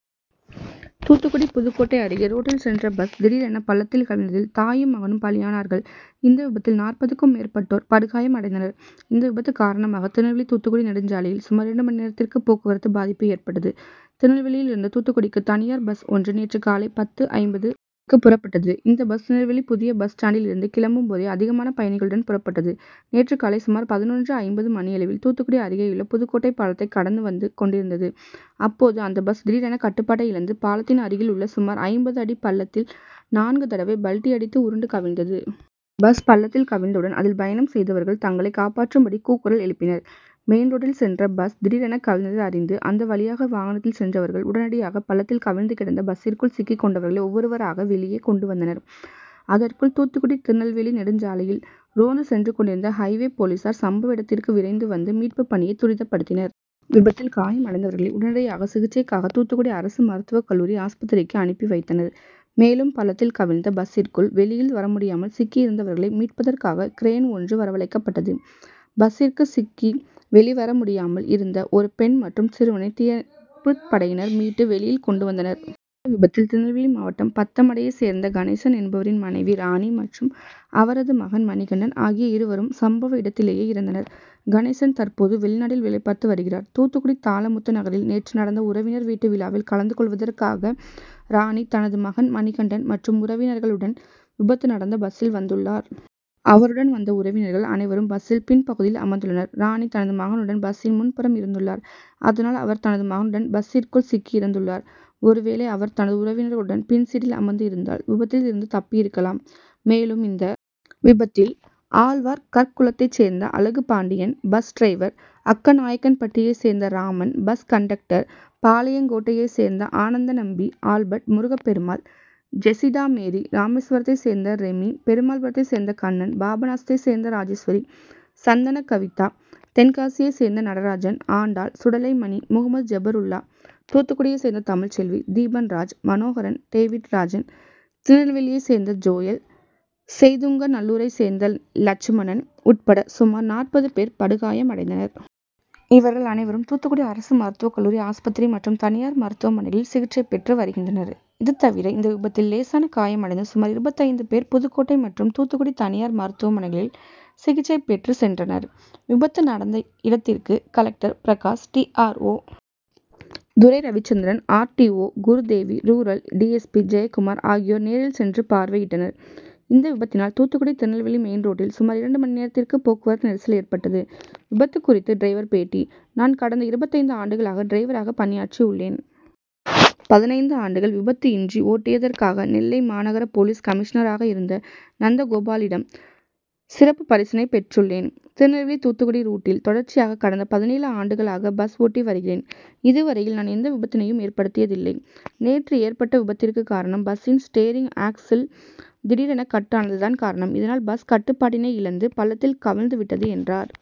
தூத்துக்குடி புதுக்கோட்டை அருகே ரோட்டில் சென்ற பஸ் திடீரென பள்ளத்தில் கவிழ்ந்ததில் தாயும், மகனும் பலியானர்கள். இந்த விபத்தில் நாற்பதுக்கும் மேற்பட்டோர் படுகாயம் அடைந்தனர். இந்த விபத்து காரணமாக திருநெல்வேலி-தூத்துக்குடி நெடுஞ்சாலையில் சுமார் இரண்டு மணி நேரத்திற்கு போக்குவரத்து பாதிப்பு ஏற்பட்டது. திருநெல்வேலியில் இருந்து தூத்துக்குடிக்கு தனியார் பஸ் ஒன்று நேற்று காலை பத்து.ஐம்பது மணிக்கு புறப்பட்டது. இந்த பஸ் திருநெல்வேலி புதிய பஸ் ஸ்டாண்டில் இருந்து கிளம்பும் போதே அதிகமான பயணிகளுடன் புறப்பட்டது. நேற்று காலை சுமார் பதினொன்று.ஐம்பது மணியளவில் தூத்துக்குடி அருகேயுள்ள புதுக்கோட்டை பாலத்தை கடந்து வந்து கொண்டிருந்தது. அப்போது அந்த பஸ் திடீரென கட்டுபாட்டை இழந்து பாலத்தின் அருகில் உள்ள சுமார் ஐம்பது அடி பள்ளத்தில் நான்கு தடவை பல்டி அடித்து உருண்டு கவிழ்ந்தது. பஸ் பள்ளத்தில் கவிழ்ந்தவுடன் அதில் பயணம் செய்தவர்கள் தங்களை காப்பாற்றும் படி கூக்குரல் எழுப்பினர். மெயின்ரோட்டில் சென்ற பஸ் திடீரென கவிழ்ந்ததை அறிந்து அந்த வழியாக வாகனத்தில் சென்றவர்கள் உடனடியாக பள்ளத்தில் கவிழ்ந்து கிடந்த பஸ்சிற்குள் சிக்கிக் கொண்டவர்களை ஒவ்வொருவராக வெளியே கொண்டு வந்தனர். அதற்குள் தூத்துக்குடி-திருநெல்வேலி நெடுஞ்சாலையில் ரோந்து சென்று கொண்டிருந்த ஹைவே- போலீசார் சம்பவ இடத்திற்கு விரைந்து வந்து மீட்பு பணியை துரிதப்படுத்தினர். விபத்தில் காயம் அடைந்தவர்களை உடனடியாக சிகிச்சைக்காக தூத்துக்குடி அரசு மருத்துவக்கல்லூரி ஆஸ்பத்திரிக்கு அனுப்பி வைத்தனர். மேலும் பள்ளத்தில் கவிழ்ந்த பஸ்சிற்குள் வெ ளியில் வரமுடியாமல் சிக்கி இருந்தவர்களை மீட்பதற்காக கிரேன் ஒன்று வரவழைக்கப்பட்டது. பஸ்சிற்கு சிக்கி வெளிவரமுடியாமல் இருந்த ஒரு பெண் மற்றும் சிறுவனை தீயணைப்பு படையினர் மீட்டு வெளியில் கொண்டு வந்தனர். இந்த விபத்தில் திருநெல்வேலி மாவட்டம் பத்தமடையைச் சேர்ந்த கணேசன் என்பவரின் மனைவி ராணி மற்றும் அவரது மகன் மணிகண்டன் ஆகிய இருவரும் சம்பவ இடத்திலேயே இறந்தனர். கணேசன் தற்போது வெளிநாட்டில் வேலைபார்த்து வருகிறார். தூத்துக்குடி தாளமுத்துநகரில் நேற்று நடந்த உறவினர் வீட்டு விழாவில் கலந்து கொள்வதற்காகரா ணி தனது மகன் மணிகண்டன் மற்றும் உறவினர்களுடன் விபத்து நடந்த பஸ்சில் வந்துள்ளார். அவருடன் வந்த உறவினர்கள் அனைவரும் பஸ்சில் பின்பகுதியில் அமர்ந்துள்ளனர். ராணி தனது மகனுடன் பஸ்சின் முன்புறம் இருந்துள்ளார். அதனால் அவர் தனது மகனுடன் பஸ்சிற்குள் சிக்கி இறந்துள்ளார். ஒருவேளை அவர் தனது உறவினர்களுடன் பின்சீட்டில் அமர்ந்து இருந்தால் விபத்தில் இருந்து தப்பி இருக்கலாம். மேலும் இந்த விபத்தில் ஆழ்வார்கற்குளத்தை சேர்ந்த அழகுபாண்டியன் பஸ் டிரைவர், அக்கநாயக்கன்பட்டியைச் சேர்ந்த ராமன், பஸ் கண்டக்டர், பாளையங்கோட்டையைச் சேர்ந்த ஆனந்தநம்பி, ஆல்பர்ட், முருகபெருமாள், ஜெஸிடாமேரி, ராமேஸ்வரத்தை சேர்ந்த ரெமி, பெருமாள்புரத்தை சேர்ந்த கண்ணன், பாபநாசத்தை சேர்ந்த ராஜேஸ்வரி, சந்தனகவிதா, தென்காசியைச் சேர்ந்த நடராஜன், ஆண்டாள், சுடலைமணி, முகமது ஜெபருல்லா, தூத்துக்குடியைச் சேர்ந்த தமிழ்செல்வி, தீபன்ராஜ், மனோகரன், டேவிட்ராஜன், திருநெல்வேலியை சேர்ந்த ஜோயல், செய்துங்கநல்லூரைச் சேர்ந்த லட்சுமணன் உட்பட சுமார் நாற்பது பேர் படுகாயம் அடைந்தனர். இவர்கள் அனைவரும் தூத்துக்குடி அரசு மருத்துவக்கல்லூரி ஆஸ்பத்திரி மற்றும் தனியார் மருத்துவமனைகளில் சிகிச்சை பெற்று வருகின்றனர். இது தவிர இந்த விபத்தில் லேசான காயம் அடைந்து சுமார் இருபத்தைந்து பேர் புதுக்கோட்டை மற்றும் தூத்துக்குடி தனியார் மருத்துவமனைகளில் சிகிச்சை பெற்று சென்றனர். விபத்து நடந்து இடத்திற்கு collector Prakash, டிஆ ர்ஓ., Durai Ravichandran, RTO., Gurudevi, rural டிஎஸ்பி.,ஜெயக்குமார் ஆகியோர் நேரில் சென் று பார்வையிட்டனர். இந்த விபத்தினால் தூத்துக்குடி- திருநெல்வேலி மெயின் ரோட்டில் சுமார் இரண்டு மணி நேரத்திற்கு போக்குவரத்து நெரிசல் ஏற்பட்டது. விபத்து குறித்து டிரைவர் பேட்டி நான் கடந்த இருபத்தைந்து ஆண்டுகளாக டிரைவராக பணியாற்றி உள்ளேன். பதினைந்து ஆண்டுகள் விபத்து இன்றி ஓட்டியதற்காக நெல்லை மாநகர போலீஸ் கமிஷனராக இருந்த நந்தகோபாலிடம் சிறப்பு பரிசினை பெற்றுள்ளேன். திருநெல்வேலி- தூத்துக்குடி ரூட்டில் தொடர்ச்சியாக கடந்த பதினேழு ஆண்டுகளாக பஸ் ஓட்டி வருகிறேன். இதுவரையில் நான் எந்த விபத்தினையும் ஏற்படுத்தியதில்லை. நேற்று ஏற்பட்ட விபத்திற்கு காரணம் பஸ்சின் ஸ்டேரிங் ஆக்சில் திடீரென கட் ஆனது தான் காரணம். இதனால் பஸ் கட்டுபாட்டினை இழந்து பள்ளத்தில் கவிழந்து விட்டது என்றார்.